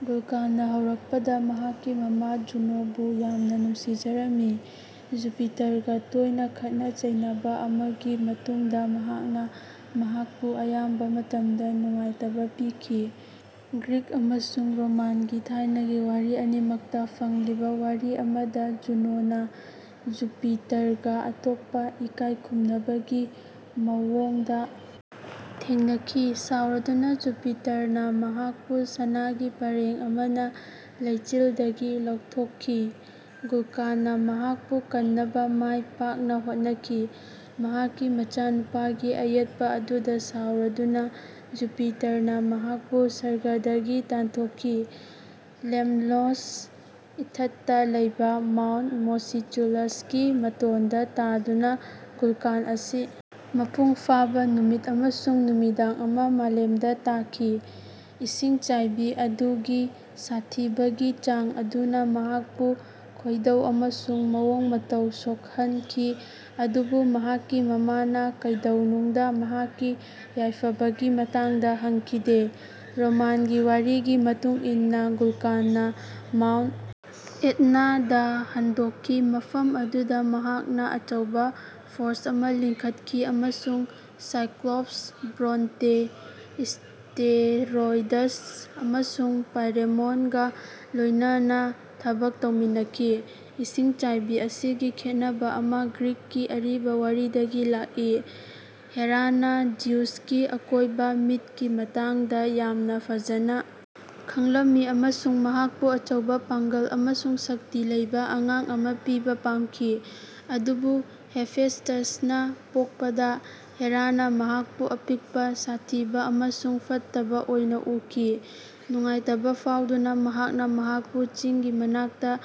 ꯚꯨꯜꯀꯥꯟꯅ ꯍꯧꯔꯛꯄꯗ, ꯃꯍꯥꯛꯀꯤ ꯃꯃꯥ ꯖꯨꯅꯣꯕꯨ ꯌꯥꯝꯅ ꯅꯨꯡꯁꯤꯖꯔꯝꯃꯤ꯫ ꯖꯨꯄꯤꯇꯔꯒ ꯇꯣꯏꯅ ꯈꯠꯅ-ꯆꯩꯅꯕ ꯑꯃꯒꯤ ꯃꯇꯨꯡꯗ ꯃꯍꯥꯛꯅ ꯃꯍꯥꯛꯄꯨ ꯑꯌꯥꯝꯕ ꯃꯇꯝꯗ ꯅꯨꯡꯉꯥꯏꯇꯕ ꯄꯤꯈꯤ꯫ ꯒ꯭ꯔꯤꯛ ꯑꯃꯁꯨꯡ ꯔꯣꯃꯥꯟꯒꯤ ꯊꯥꯏꯅꯒꯤ ꯋꯥꯔꯤ ꯑꯅꯤꯃꯛꯇ ꯐꯪꯂꯤꯕ ꯋꯥꯔꯤ ꯑꯃꯗ, ꯖꯨꯅꯣꯅ ꯖꯨꯄꯤꯇꯔꯒ ꯑꯇꯣꯞꯄ ꯏꯀꯥꯏ ꯈꯨꯝꯅꯕꯒꯤ ꯃꯋꯣꯡꯗ ꯊꯦꯡꯅꯈꯤ꯫ ꯁꯥꯎꯔꯗꯨꯅ, ꯖꯨꯄꯤꯇꯔꯅ ꯃꯍꯥꯛꯄꯨ ꯁꯅꯥꯒꯤ ꯄꯔꯦꯡ ꯑꯃꯅ ꯂꯩꯆꯤꯜꯗꯒꯤ ꯂꯧꯊꯣꯛꯈꯤ꯫ ꯚꯨꯜꯀꯥꯟꯅ ꯃꯍꯥꯛꯄꯨ ꯀꯟꯅꯕ ꯃꯥꯏ ꯄꯥꯛꯅ ꯍꯣꯠꯅꯈꯤ꯫ ꯃꯍꯥꯛꯀꯤ ꯃꯆꯥꯅꯨꯄꯥꯒꯤ ꯑꯌꯦꯠꯄ ꯑꯗꯨꯗ ꯁꯥꯎꯔꯗꯨꯅ ꯖꯨꯄꯤꯇꯔꯅ ꯃꯍꯥꯛꯄꯨ ꯁꯔꯒꯗꯒꯤ ꯇꯥꯟꯊꯣꯛꯈꯤ꯫ ꯂꯦꯝꯅꯣꯁ ꯏꯊꯠꯇ ꯂꯩꯕ ꯃꯥꯎꯟꯠ ꯃꯣꯁꯤꯆꯨꯂꯁꯀꯤ ꯃꯇꯣꯟꯗ ꯇꯥꯗꯨꯅ ꯚꯨꯜꯀꯥꯟ ꯑꯁꯤ ꯃꯄꯨꯡ ꯐꯥꯕ ꯅꯨꯃꯤꯠ ꯑꯃꯁꯨꯡ ꯅꯨꯃꯤꯗꯥꯡ ꯑꯃ ꯃꯥꯂꯦꯝꯗ ꯇꯥꯈꯤ꯫ ꯏꯁꯤꯡꯆꯥꯏꯕꯤ ꯑꯗꯨꯒꯤ ꯁꯥꯊꯤꯕꯒꯤ ꯆꯥꯡ ꯑꯗꯨꯅ ꯃꯍꯥꯛꯄꯨ ꯈꯣꯏꯗꯧ ꯑꯃꯁꯨꯡ ꯃꯑꯣꯡ ꯃꯇꯧ ꯁꯣꯛꯍꯟꯈꯤ, ꯑꯗꯨꯕꯨ ꯃꯍꯥꯛꯀꯤ ꯃꯃꯥꯅ ꯀꯩꯗꯧꯅꯨꯡꯗ ꯃꯍꯥꯛꯀꯤ ꯌꯥꯏꯐꯕꯒꯤ ꯃꯇꯥꯡꯗ ꯍꯪꯈꯤꯗꯦ꯫ ꯔꯣꯃꯥꯟꯒꯤ ꯋꯥꯔꯤꯒꯤ ꯃꯇꯨꯡ ꯏꯟꯅ, ꯚꯨꯜꯀꯥꯟꯅ ꯃꯥꯎꯟꯠ ꯑꯦꯠꯅꯥꯗ ꯍꯟꯗꯣꯛꯈꯤ ꯃꯐꯝ ꯑꯗꯨꯗ ꯃꯍꯥꯛꯅ ꯑꯆꯧꯕ ꯐꯣꯔꯖ ꯑꯃ ꯂꯤꯡꯈꯠꯈꯤ ꯑꯃꯁꯨꯡ ꯁꯥꯏꯀ꯭ꯂꯣꯞꯁ ꯕ꯭ꯔꯣꯟꯇꯦ, ꯁ꯭ꯇꯦꯔꯣꯏꯗꯁ ꯑꯃꯁꯨꯡ ꯄꯥꯏꯔꯦꯃꯣꯟꯒ ꯂꯣꯏꯅꯅ ꯊꯕꯛ ꯇꯧꯃꯤꯟꯅꯈꯤ꯫ ꯏꯁꯤꯡꯆꯥꯏꯕꯤ ꯑꯁꯤꯒꯤ ꯈꯦꯠꯅꯕ ꯑꯃ ꯒ꯭ꯔꯤꯛꯀꯤ ꯑꯔꯤꯕ ꯋꯥꯔꯤꯗꯒꯤ ꯂꯥꯛꯏ꯫ ꯍꯦꯔꯥꯅ ꯖ꯭ꯌꯨꯁꯀꯤ ꯑꯀꯣꯏꯕ ꯃꯤꯠꯀꯤ ꯃꯇꯥꯡꯗ ꯌꯥꯝꯅ ꯐꯖꯅ ꯈꯪꯂꯝꯃꯤ ꯑꯃꯁꯨꯡ ꯃꯍꯥꯛꯄꯨ ꯑꯆꯧꯕ ꯄꯥꯡꯒꯜ ꯑꯃꯁꯨꯡ ꯁꯛꯇꯤ ꯂꯩꯕ ꯑꯉꯥꯡ ꯑꯃ ꯄꯤꯕ ꯄꯥꯝꯈꯤ, ꯑꯗꯨꯕꯨ ꯍꯦꯐꯦꯁ꯭ꯇꯁꯅ ꯄꯣꯛꯄꯗ ꯍꯦꯔꯥꯅ ꯃꯍꯥꯛꯄꯨ ꯑꯄꯤꯛꯄ, ꯁꯥꯊꯤꯕ ꯑꯃꯁꯨꯡ ꯐꯠꯇꯕ ꯑꯣꯏꯅ ꯎꯈꯤ꯫ ꯅꯨꯡꯉꯥꯏꯇꯕ ꯐꯥꯎꯗꯨꯅ, ꯃꯍꯥꯛꯅ ꯃꯍꯥꯛꯄꯨ ꯆꯤꯡꯒꯤ ꯃꯅꯥꯛꯇ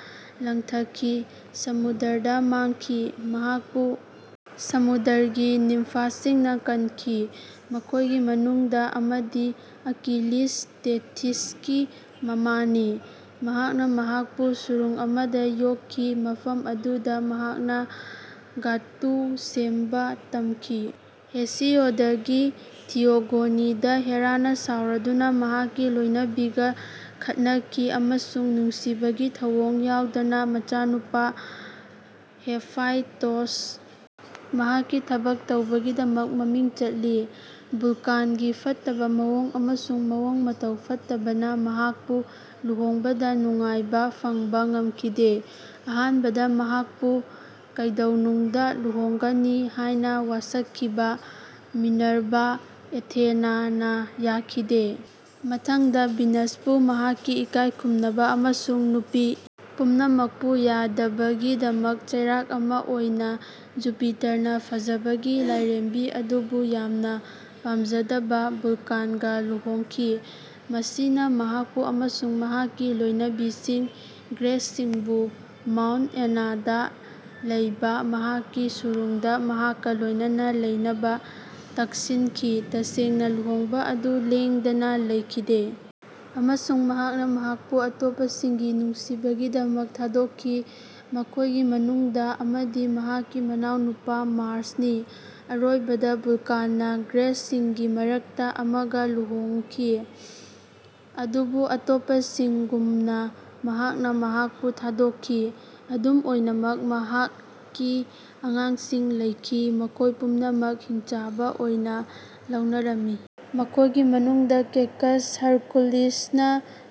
ꯂꯪꯊꯈꯤ, ꯁꯃꯨꯗ꯭ꯔꯗ ꯃꯥꯡꯈꯤ꯫ ꯃꯍꯥꯛꯄꯨ ꯁꯃꯨꯗ꯭ꯔꯒꯤ ꯅꯤꯝꯐꯁꯤꯡꯅ ꯀꯟꯈꯤ (ꯃꯈꯣꯏꯒꯤ ꯃꯅꯨꯡꯗ ꯑꯃꯗꯤ ꯑꯀꯤꯂꯤꯁ, ꯊꯦꯇꯤꯁꯀꯤ ꯃꯃꯥꯅꯤ), ꯃꯍꯥꯛꯅ ꯃꯍꯥꯛꯄꯨ ꯁꯨꯔꯨꯡ ꯑꯃꯗ ꯌꯣꯛꯈꯤ ꯃꯐꯝ ꯑꯗꯨꯗ ꯃꯍꯥꯛꯅ ꯙꯥꯇꯨ ꯁꯦꯝꯕ ꯇꯝꯈꯤ꯫ ꯍꯦꯁꯤꯌꯣꯗꯀꯤ ꯊꯤꯌꯣꯒꯣꯅꯤꯗ, ꯍꯦꯔꯥꯅ ꯁꯥꯎꯔꯗꯨꯅ, ꯃꯍꯥꯛꯀꯤ ꯂꯣꯏꯅꯕꯤꯒ ꯈꯠꯅꯈꯤ ꯑꯃꯁꯨꯡ ꯅꯨꯡꯁꯤꯕꯒꯤ ꯊꯧꯑꯣꯡ ꯌꯥꯎꯗꯅ ꯃꯆꯥꯅꯨꯄꯥ ꯍꯦꯐꯥꯏꯁ꯭ꯇꯣꯁ, ꯃꯍꯥꯛꯀꯤ ꯊꯕꯛ ꯇꯧꯕꯒꯤꯗꯃꯛ ꯃꯃꯤꯡ ꯆꯠꯂꯤ꯫ ꯚꯨꯜꯀꯥꯟꯒꯤ ꯐꯠꯇꯕ ꯃꯑꯣꯡ ꯑꯃꯁꯨꯡ ꯃꯑꯣꯡ ꯃꯇꯧ ꯐꯠꯇꯕꯅ ꯃꯍꯥꯛꯄꯨ ꯂꯨꯍꯣꯡꯕꯗ ꯅꯨꯡꯉꯥꯏꯕ ꯐꯪꯕ ꯉꯝꯈꯤꯗꯦ꯫ ꯑꯍꯥꯟꯕꯗ, ꯃꯍꯥꯛꯄꯨ ꯀꯩꯗꯧꯅꯨꯡꯗ ꯂꯨꯍꯣꯡꯒꯅꯤ ꯍꯥꯏꯅ ꯋꯥꯁꯛꯈꯤꯕ ꯃꯤꯅꯔꯚꯥ (ꯑꯦꯊꯦꯅꯥ)ꯅ ꯌꯥꯈꯤꯗꯦ꯫ ꯃꯊꯪꯗ, ꯚꯤꯅꯁꯄꯨ ꯃꯍꯥꯛꯀꯤ ꯏꯀꯥꯏ ꯈꯨꯝꯅꯕ ꯑꯃꯁꯨꯡ ꯅꯨꯄꯤ ꯄꯨꯝꯅꯃꯛꯄꯨ ꯌꯥꯗꯕꯒꯤꯗꯃꯛ ꯆꯩꯔꯥꯛ ꯑꯃ ꯑꯣꯏꯅ, ꯖꯨꯄꯤꯇꯔꯅ ꯐꯖꯕꯒꯤ ꯂꯥꯏꯔꯦꯝꯕꯤ ꯑꯗꯨꯕꯨ ꯌꯥꯝꯅ ꯄꯥꯝꯖꯗꯕ ꯚꯨꯜꯀꯥꯟꯒ ꯂꯨꯍꯣꯡꯈꯤ, ꯃꯁꯤꯅ ꯃꯍꯥꯛꯄꯨ ꯑꯃꯁꯨꯡ ꯃꯍꯥꯛꯀꯤ ꯂꯣꯏꯅꯕꯤꯁꯤꯡ ꯒ꯭ꯔꯦꯁꯁꯤꯡꯕꯨ ꯃꯥꯎꯟꯠ ꯑꯦꯠꯅꯥꯗ ꯂꯩꯕ ꯃꯍꯥꯛꯀꯤ ꯁꯨꯔꯨꯡꯗ ꯃꯍꯥꯛꯀ ꯂꯣꯏꯅꯅ ꯂꯩꯅꯕ ꯇꯛꯁꯤꯟꯈꯤ꯫ ꯇꯁꯦꯡꯅ, ꯂꯨꯍꯣꯡꯕ ꯑꯗꯨ ꯂꯦꯡꯗꯅ ꯂꯩꯈꯤꯗꯦ, ꯑꯃꯁꯨꯡ ꯃꯍꯥꯛꯅ ꯃꯍꯥꯛꯄꯨ ꯑꯇꯣꯞꯄꯁꯤꯡꯒꯤ ꯅꯨꯡꯁꯤꯕꯒꯤꯗꯃꯛ ꯊꯥꯗꯣꯛꯈꯤ ꯃꯈꯣꯏꯒꯤ ꯃꯅꯨꯡꯗ ꯑꯃꯗꯤ ꯃꯍꯥꯛꯀꯤ ꯃꯅꯥꯎꯅꯨꯄꯥ ꯃꯥꯔ꯭ꯁꯅꯤ꯫ ꯑꯔꯣꯏꯕꯗ, ꯚꯨꯜꯀꯥꯟꯅ ꯒ꯭ꯔꯦꯁꯁꯤꯡꯒꯤ ꯃꯔꯛꯇ ꯑꯃꯒ ꯂꯨꯍꯣꯡꯈꯤ, ꯑꯗꯨꯕꯨ ꯑꯇꯣꯞꯄꯁꯤꯡꯒꯨꯝꯅ ꯃꯍꯥꯛꯅ ꯃꯍꯥꯛꯄꯨ ꯊꯥꯗꯣꯛꯈꯤ꯫ ꯑꯗꯨꯝ ꯑꯣꯏꯅꯃꯛ, ꯃꯍꯥꯛꯀꯤ ꯑꯉꯥꯡꯁꯤꯡ ꯂꯩꯈꯤ ꯃꯈꯣꯏ ꯄꯨꯝꯅꯃꯛ ꯍꯤꯡꯆꯥꯕ ꯑꯣꯏꯅ ꯂꯧꯅꯔꯝꯃꯤ ꯃꯈꯣꯏꯒꯤ ꯃꯅꯨꯡꯗ ꯀꯦꯀꯁ (ꯍꯔꯀꯨꯂꯤꯁꯅ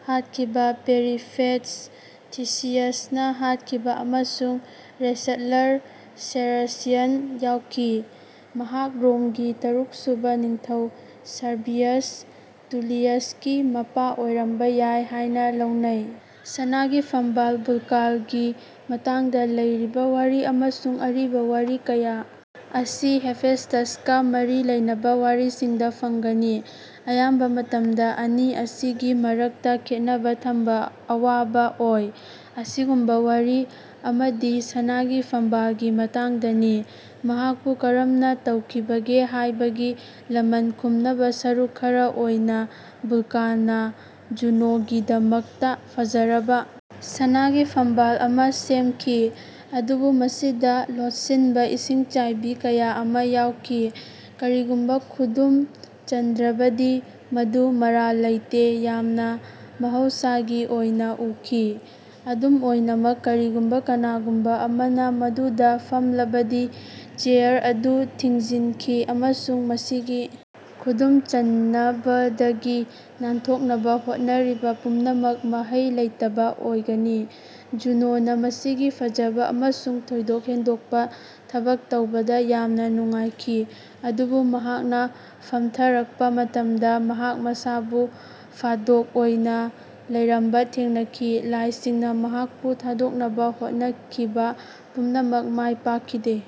ꯍꯥꯠꯈꯤꯕ), ꯄꯦꯔꯤꯐꯦꯠꯁ (ꯊꯤꯁꯤꯌꯁꯅ ꯍꯥꯠꯈꯤꯕ), ꯑꯃꯁꯨꯡ ꯔꯦꯁꯠꯂꯔ ꯁꯦꯔꯁꯤꯌꯟ ꯌꯥꯎꯈꯤ꯫ ꯃꯍꯥꯛ ꯔꯣꯝꯒꯤ ꯇꯔꯨꯛꯁꯨꯕ ꯅꯤꯡꯊꯧ ꯁꯔꯚꯤꯌꯁ ꯇꯨꯂꯤꯌꯁꯀꯤ ꯃꯄꯥ ꯑꯣꯏꯔꯝꯕ ꯌꯥꯏ ꯍꯥꯏꯅ ꯂꯧꯅꯩ꯫ ꯁꯅꯥꯒꯤ ꯐꯝꯕꯥꯜ ꯚꯨꯜꯀꯥꯟꯒꯤ ꯃꯇꯥꯡꯗ ꯂꯩꯔꯤꯕ ꯋꯥꯔꯤ ꯑꯃꯁꯨꯡ ꯑꯔꯤꯕ ꯋꯥꯔꯤ ꯀꯌꯥ ꯑꯁꯤ ꯍꯦꯐꯦꯁ꯭ꯇꯁꯀ ꯃꯔꯤ ꯂꯩꯅꯕ ꯋꯥꯔꯤꯁꯤꯡꯗ ꯐꯪꯒꯅꯤ꯫ ꯑꯌꯥꯝꯕ ꯃꯇꯝꯗ ꯑꯅꯤ ꯑꯁꯤꯒꯤ ꯃꯔꯛꯇ ꯈꯦꯠꯅꯕ ꯊꯝꯕ ꯑꯋꯥꯕ ꯑꯣꯏ꯫ ꯑꯁꯤꯒꯨꯝꯕ ꯋꯥꯔꯤ ꯑꯃꯗꯤ ꯁꯅꯥꯒꯤ ꯐꯝꯕꯥꯜꯒꯤ ꯃꯇꯥꯡꯗꯅꯤ꯫ ꯃꯍꯥꯛꯄꯨ ꯀꯔꯝꯅ ꯇꯧꯈꯤꯕꯒꯦ ꯍꯥꯏꯕꯒꯤ ꯂꯃꯟ ꯈꯨꯝꯅꯕ ꯁꯔꯨꯛ ꯈꯔ ꯑꯣꯏꯅ, ꯚꯨꯜꯀꯥꯟꯅ ꯖꯨꯅꯣꯒꯤꯗꯃꯛꯇ ꯐꯖꯔꯕ ꯁꯅꯥꯒꯤ ꯐꯝꯕꯥꯜ ꯑꯃ ꯁꯦꯝꯈꯤ, ꯑꯗꯨꯕꯨ ꯃꯁꯤꯗ ꯂꯣꯠꯁꯤꯟꯕ ꯏꯁꯤꯡꯆꯥꯏꯕꯤ ꯀꯌꯥ ꯑꯃ ꯌꯥꯎꯈꯤ꯫ ꯀꯔꯤꯒꯨꯝꯕ ꯈꯨꯗꯨꯝ ꯆꯟꯗ꯭ꯔꯕꯗꯤ, ꯃꯗꯨ ꯃꯔꯥꯜ ꯂꯩꯇꯦ, ꯌꯥꯝꯅ ꯃꯍꯧꯁꯥꯒꯤ ꯑꯣꯏꯅ ꯎꯈꯤ꯫ ꯑꯗꯨꯝ ꯑꯣꯏꯅꯃꯛ, ꯀꯔꯤꯒꯨꯝꯕ ꯀꯅꯥꯒꯨꯝꯕ ꯑꯃꯅ ꯃꯗꯨꯗ ꯐꯝꯂꯕꯗꯤ, ꯆꯦꯌꯔ ꯑꯗꯨ ꯊꯤꯡꯖꯤꯟꯈꯤ, ꯑꯃꯁꯨꯡ ꯃꯁꯤꯒꯤ ꯈꯨꯗꯨꯝ ꯆꯟꯅꯕꯗꯒꯤ ꯅꯥꯟꯊꯣꯛꯅꯕ ꯍꯣꯠꯅꯔꯤꯕ ꯄꯨꯝꯅꯃꯛ ꯃꯍꯩ ꯂꯩꯇꯕ ꯑꯣꯏꯒꯅꯤ꯫ ꯖꯨꯅꯣꯅ ꯃꯁꯤꯒꯤ ꯐꯖꯕ ꯑꯃꯁꯨꯡ ꯊꯣꯏꯗꯣꯛ ꯍꯦꯟꯗꯣꯛꯄ ꯊꯕꯛ ꯇꯧꯕꯗ ꯌꯥꯝꯅ ꯅꯨꯡꯉꯥꯏꯈꯤ, ꯑꯗꯨꯕꯨ ꯃꯍꯥꯛꯅ ꯐꯝꯊꯔꯛꯄ ꯃꯇꯝꯗ ꯃꯍꯥꯛ ꯃꯁꯥꯕꯨ ꯐꯥꯗꯣꯛ ꯑꯣꯏꯅ ꯂꯩꯔꯝꯕ ꯊꯦꯡꯅꯈꯤ꯫ ꯂꯥꯏꯁꯤꯡꯅ ꯃꯍꯥꯛꯄꯨ ꯊꯥꯗꯣꯛꯅꯕ ꯍꯣꯠꯅꯈꯤꯕ ꯄꯨꯝꯅꯃꯛ ꯃꯥꯏ ꯄꯥꯛꯈꯤꯗꯦ꯫